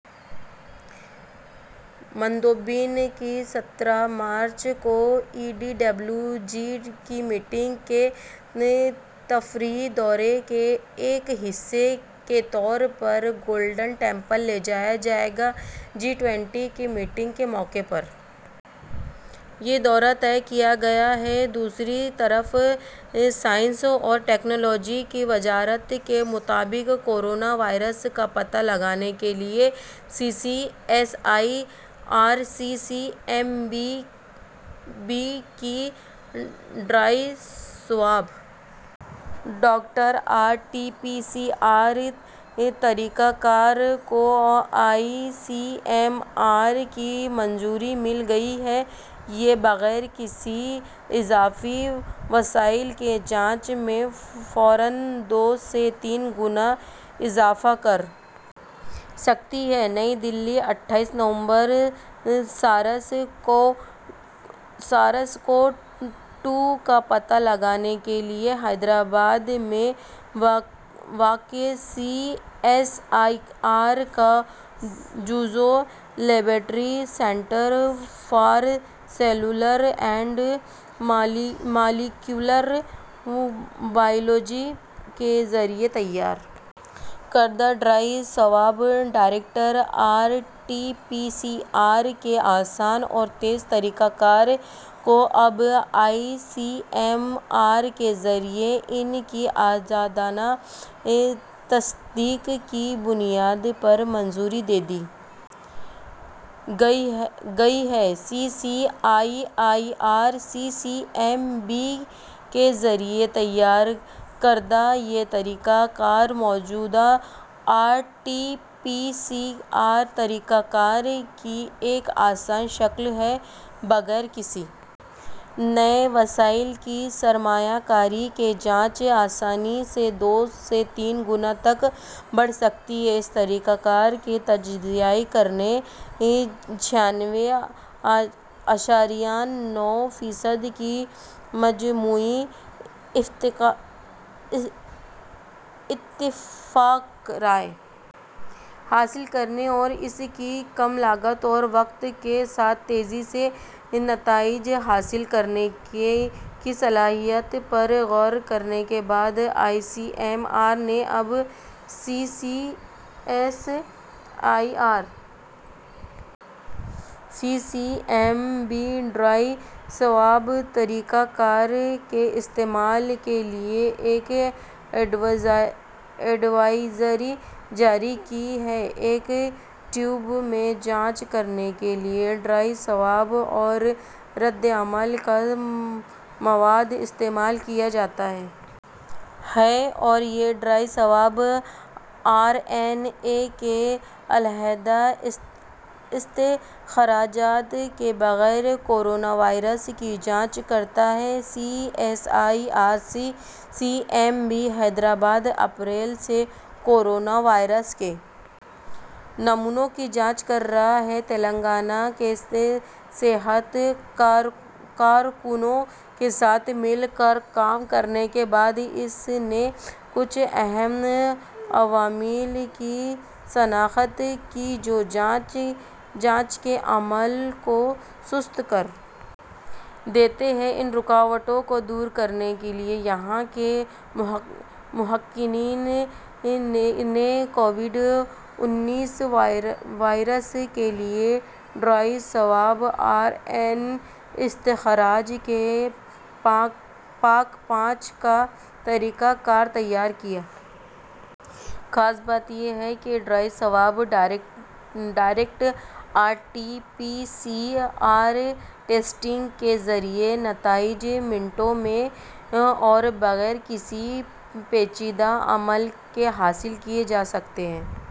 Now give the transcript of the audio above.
مندوبین کو سترہ مارچ کو ای ڈی ڈبلیو جی کی میٹنگوں کے تفریحی دورے کے ایک حصے کے طور پر گولڈن ٹیمپل لے جایا جائے گا جی ٹوئنٹی کی میٹنگوں کے موقع پر یہ دورہ طے کیا گیا ہے دوسری طرف سائنس اور ٹیکنالوجی کی وزارت کے مطابق کورونا وائرس کا پتہ لگانے کے لیے C S I R C C M B کی dry swab direct R T P C R طریقہ کار کو آئی سی ایم آر کی منظوری مل گئی ہے یہ بغیر کسی اضافی وسائل کے جانچ میں فوراً دو سے تین گنا اضافہ کر سکتی ہے نئی دہلی اٹھائیس نومبر سارس کوو ٹو کا پتہ لگانے کے لیے حیدرآباد میں واقع سی ایس آئی آر کا جزو laboratory centre for cellular and molecular biology کے ذریعے تیار کردہ dry swab direct R T P C R کے آسان اور تیز طریقہ کار کو اب آئی سی ایم آر کے ذریعے ان کی آزادانہ تصدیق کی بنیاد پر منظوری دے دی گئی ہے C S I R C C M B کے ذریعے تیار کردہ یہ طریقہ کار موجودہ R T P C R طریقہ کار کی ایک آسان شکل ہے اور بغیر کسی نئے وسائل کی سرمایہ کاری کے جانچ کو آسانی سے دو سے تین گنا تک بڑھا سکتی ہے اس طریقہ کار کا تجزیہ کرنے اور چھیانوے اعشاریہ نو فیصد کی مجموعی اتفاق رائے حاصل کرنے اور اس کی کم لاگت اور وقت کے ساتھ تیزی سے نتائج حاصل کرنے کی صلاحیت پر غور کرنے کے بعد آئی سی ایم آر نے اب C S I R C C M B dry swab طریقہ کار کے استعمال کے لیے ایک ایڈوائزری جاری کی ہے ایک ٹیوب میں جانچ کرنے کے لیے ڈرائی سواب اور ردعمل کا مواد استعمال کیا جاتا ہے اور یہ dry swab R N A کے علیحدہ استخراج کے بغیر کورونا وائرس کی جانچ کرتا ہے C S I R C C M B Hyderabad اپریل سے کورونا وائرس کے نمونوں کی جانچ کر رہا ہے تلنگانہ کے صحت کارکنوں کے ساتھ مل کر کام کرنے کے بعد اس نے کچھ اہم عوامل کی شناخت کی جو جانچ کے عمل کو سست کر دیتے ہیں ان رکاوٹوں کو دور کرنے کے لیے یہاں کے محققین نے کووڈ انیس وائرس کے لیے dry swab R N A استخراج سے پاک جانچ کا طریقہ کار تیار کیا ہے خاص بات یہ ہے کہ dry swab direct R T P C R testing کے ذریعے نتائج منٹوں میں اور بغیر کسی پیچیدہ عمل کے حاصل کیے جا سکتے ہیں